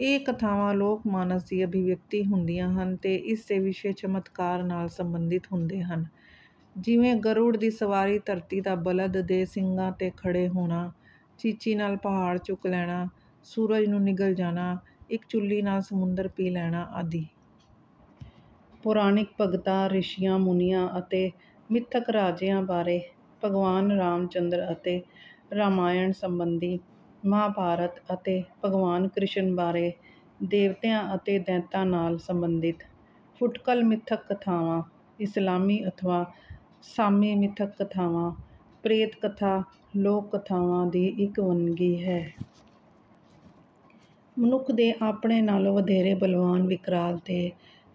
ਇਹ ਕਥਾਵਾਂ ਲੋਕ ਮਾਨਸ ਦੀ ਅਭਿਵਿਅਕਤੀ ਹੁੰਦੀਆਂ ਹਨ ਤੇ ਇਸ ਦੇ ਵਿਸ਼ੇ ਚਮਤਕਾਰ ਨਾਲ ਸਬੰਧਿਤ ਹੁੰਦੇ ਹਨ। ਜਿਵੇਂ ਗਰੁੜ ਦੀ ਸਵਾਰੀ ਧਰਤੀ ਦਾ ਬਲਦ ਦੇ ਸਿੰਗਾਂ ਤੇ ਖੜੇ ਹੋਣਾ ਚੀਚੀ ਨਾਲ ਪਹਾੜ ਚੁੱਕ ਲੈਣਾ ਸੂਰਜ ਨੂੰ ਨਿਗਲ ਜਾਣਾ ਇੱਕ ਚੁਲੀ ਨਾਲ ਸਮੁੰਦਰ ਪੀ ਲੈਣਾ ਆਦਿ। ਪੌਰਾਣਿਕ ਭਗਤਾਂ ਰਿਸ਼ੀਆਂ ਮੁਨੀਆਂ ਅਤੇ ਮਿੱਥਕ ਰਾਜਿਆਂ ਬਾਰੇ। ਭਗਵਾਨ ਰਾਮਚੰਦਰ ਅਤੇ ਰਾਮਾਇਣ ਸਬੰਧੀ। ਮਹਾਭਾਰਤ ਅਤੇ ਭਗਵਾਨ ਕ੍ਰਿਸ਼ਨ ਬਾਰੇ। ਦੇਵਤਿਆਂ ਅਤੇ ਦੈਂਤਾਂ ਨਾਲ ਸਬੰਧਿਤ। ਫੁੱਟਕਲ ਮਿੱਥਕ ਕਥਾਵਾਂ। ਇਸਲਾਮੀ ਅਥਵਾ ਸਾਮੀ ਮਿੱਥਕ ਕਥਾਵਾਂ। ਪ੍ਰੇਤ ਕਥਾ ਲੋਕ ਕਥਾਵਾਂ ਦੀ ਇੱਕ ਵੰਨਗੀ ਹੈ। ਮਨੁੱਖ ਦੇ ਆਪਣੇ ਨਾਲ਼ੋਂ ਵਧੇਰੇ ਬਲਵਾਨ ਵਿਕਰਾਲ ਤੇ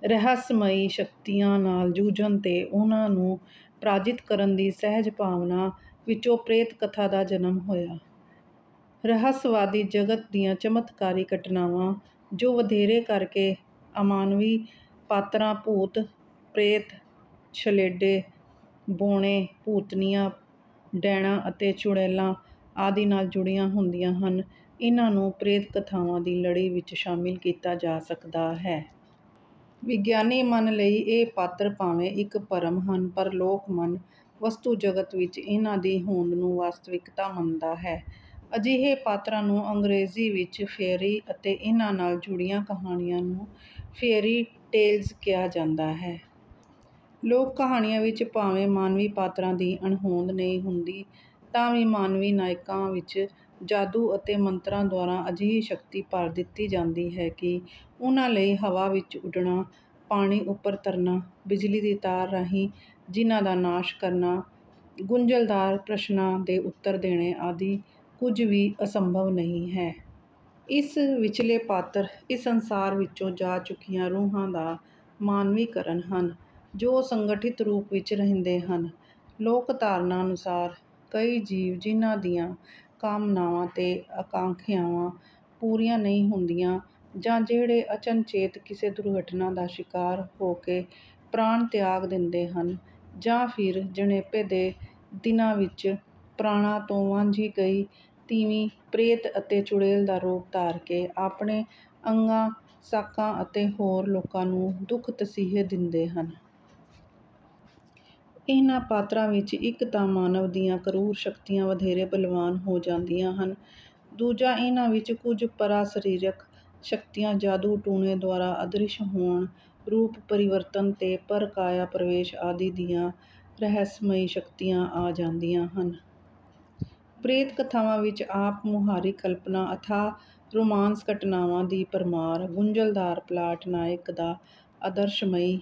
ਰਹੱਸਮਈ ਸ਼ਕਤੀਆਂ ਨਾਲ਼ ਜੂਝਣ ਤੇ ਉਹਨਾਂ ਨੂੰ ਪ੍ਰਾਜਿਤ ਕਰਨ ਦੀ ਸਹਿਜ ਭਾਵਨਾ ਵਿੱਚੋਂ ਪ੍ਰੇਤ ਕਥਾ ਦਾ ਜਨਮ ਹੋਇਆ। ਰਹੱਸਵਾਦੀ ਜਗਤ ਦੀਆਂ ਚਮਤਕਾਰੀ ਘਟਨਾਵਾਂ ਜੋ ਵਧੇਰੇ ਕਰ ਕੇ ਅਮਾਨਵੀ ਪਾਤਰਾਂ ਭੂਤ ਪ੍ਰੇਤ ਛਲੇਡੇ ਬੌਣੇ ਭੂਤਨੀਆਂ ਡੈਣਾਂ ਅਤੇ ਚੁੜੇਲਾਂ ਆਦਿ ਨਾਲ਼ ਜੁੜੀਆਂ ਹੁੰਦੀਆਂ ਹਨ ਇਹਨਾਂ ਨੂੰ ਪ੍ਰੇਤ ਕਥਾਵਾਂ ਦੀ ਲੜੀ ਵਿੱਚ ਸ਼ਾਮਿਲ ਕੀਤਾ ਜਾ ਸਕਦਾ ਹੈ। ਵਿਗਿਆਨੀ ਮਨ ਲਈ ਇਹ ਪਾਤਰ ਭਾਵੇਂ ਇੱਕ ਭਰਮ ਹਨ ਪਰ ਲੋਕ ਮਨ ਵਸਤੂ ਜਗਤ ਵਿੱਚ ਇਹਨਾਂ ਦੀ ਹੋਂਦ ਨੂੰ ਵਾਸਤਵਿਕਤਾ ਮੰਨਦਾ ਹੈ। ਅਜਿਹੇ ਪਾਤਰਾਂ ਨੂੰ ਅੰਗਰੇਜ਼ੀ ਵਿੱਚ ਫੇਅਰੀ ਅਤੇ ਇਹਨਾਂ ਨਾਲ਼ ਜੁੜੀਆਂ ਕਹਾਣੀਆਂ ਨੂੰ ਫੇਅਰੀ ਟੇਲਜ਼ ਕਿਹਾ ਜਾਂਦਾ ਹੈ। ਲੋਕ ਕਹਾਣੀਆਂ ਵਿੱਚ ਭਾਵੇਂ ਮਾਨਵੀ ਪਾਤਰਾਂ ਦੀ ਅਣਹੋਂਦ ਨਹੀਂ ਹੁੰਦੀ ਤਾਂ ਵੀ ਮਾਨਵੀ ਨਾਇਕਾਂ ਵਿੱਚ ਜਾਦੂ ਅਤੇ ਮੰਤਰਾਂ ਦੁਆਰਾ ਅਜਿਹੀ ਸ਼ਕਤੀ ਭਰ ਦਿੱਤੀ ਜਾਂਦੀ ਹੈ ਕਿ ਉਹਨਾਂ ਲਈ ਹਵਾ ਵਿੱਚ ਉੱਡਣਾ ਪਾਣੀ ਉੱਪਰ ਤਰਨਾ ਬਿਜਲੀ ਦੀ ਤਾਰ ਰਾਹੀਂ ਜਿੰਨਾਂ ਦਾ ਨਾਸ਼ ਕਰਨਾ ਗੁੰਝਲਦਾਰ ਪ੍ਰਸ਼ਨਾਂ ਦੇ ਉੱਤਰ ਦੇਣੇ ਆਦਿ ਕੁੱਝ ਵੀ ਅਸੰਭਵ ਨਹੀਂ ਹੈ। ਇਸ ਵਿੱਚਲੇ ਪਾਤਰ ਇਸ ਸੰਸਾਰ ਵਿੱਚੋਂ ਜਾ ਚੁੱਕੀਆਂ ਰੂਹਾਂ ਦਾ ਮਾਨਵੀਕਰਨ ਹਨ ਜੋ ਸੰਗਠਿਤ ਰੂਪ ਵਿੱਚ ਰਹਿੰਦੇ ਹਨ। ਲੋਕ ਧਾਰਨਾ ਅਨੁਸਾਰ ਕਈ ਜੀਵ ਜਿਹਨਾਂ ਦੀਆਂ ਕਾਮਨਾਵਾਂ ਤੇ ਅਕਾਂਖਿਆਵਾਂ ਪੂਰੀਆਂ ਨਹੀਂ ਹੁੰਦੀਆਂ ਜਾਂ ਜਿਹੜੇ ਅਚਨਚੇਤ ਕਿਸੇ ਦੁਰਘਟਨਾ ਦਾ ਸ਼ਿਕਾਰ ਹੋ ਕੇ ਪ੍ਰਾਣ ਤਿਆਗ ਦਿੰਦੇ ਹਨ ਜਾਂ ਫਿਰ ਜਣੇਪੇ ਦੇ ਦਿਨਾਂ ਵਿੱਚ ਪ੍ਰਾਣਾਂ ਤੋਂ ਵਾਂਝੀ ਗਈ ਤੀਵੀਂ ਪ੍ਰੇਤ ਅਤੇ ਚੁੜੇਲ ਦਾ ਰੂਪ ਧਾਰ ਕੇ ਆਪਣੇ ਅੰਗਾਂ ਸਾਕਾਂ ਅਤੇ ਹੋਰ ਲੋਕਾਂ ਨੂੰ ਦੁੱਖ ਤਸੀਹੇ ਦਿੰਦੇ ਹਨ। ਇਹਨਾਂ ਪਾਤਰਾਂ ਵਿੱਚ ਇੱਕ ਤਾਂ ਮਾਨਵ ਦੀਆਂ ਕਰੂਰ ਸ਼ਕਤੀਆਂ ਵਧੇਰੇ ਬਲਵਾਨ ਹੋ ਜਾਂਦੀਆਂ ਹਨ। ਦੂਜਾ ਇਹਨਾਂ ਵਿੱਚ ਕੁੱਝ ਪਰਾ ਸਰੀਰਕ ਸ਼ਕਤੀਆਂ ਜਾਦੂ ਟੂਣੇ ਦੁਆਰਾ ਅਦ੍ਰਿਸ਼ਟ ਹੋਣ ਰੂਪ ਪਰਿਵਰਤਨ ਤੇ ਪਰ ਕਾਇਆ ਪ੍ਰਵੇਸ਼ ਆਦਿ ਦੀਆਂ ਰਹੱਸਮਈ ਸ਼ਕਤੀਆਂ ਆ ਜਾਂਦੀਆਂ ਹਨ। ਪ੍ਰੇਤ ਕਥਾਵਾਂ ਵਿੱਚ ਆਪ ਮੁਹਾਰੀ ਕਲਪਨਾ ਅਥਾਹ ਰੁਮਾਂਸ ਘਟਨਾਵਾਂ ਦੀ ਭਰਮਾਰ ਗੁੰਝਲਦਾਰ ਪਲਾਟ ਨਾਇਕ ਦਾ ਆਦਰਸ਼ਮਈ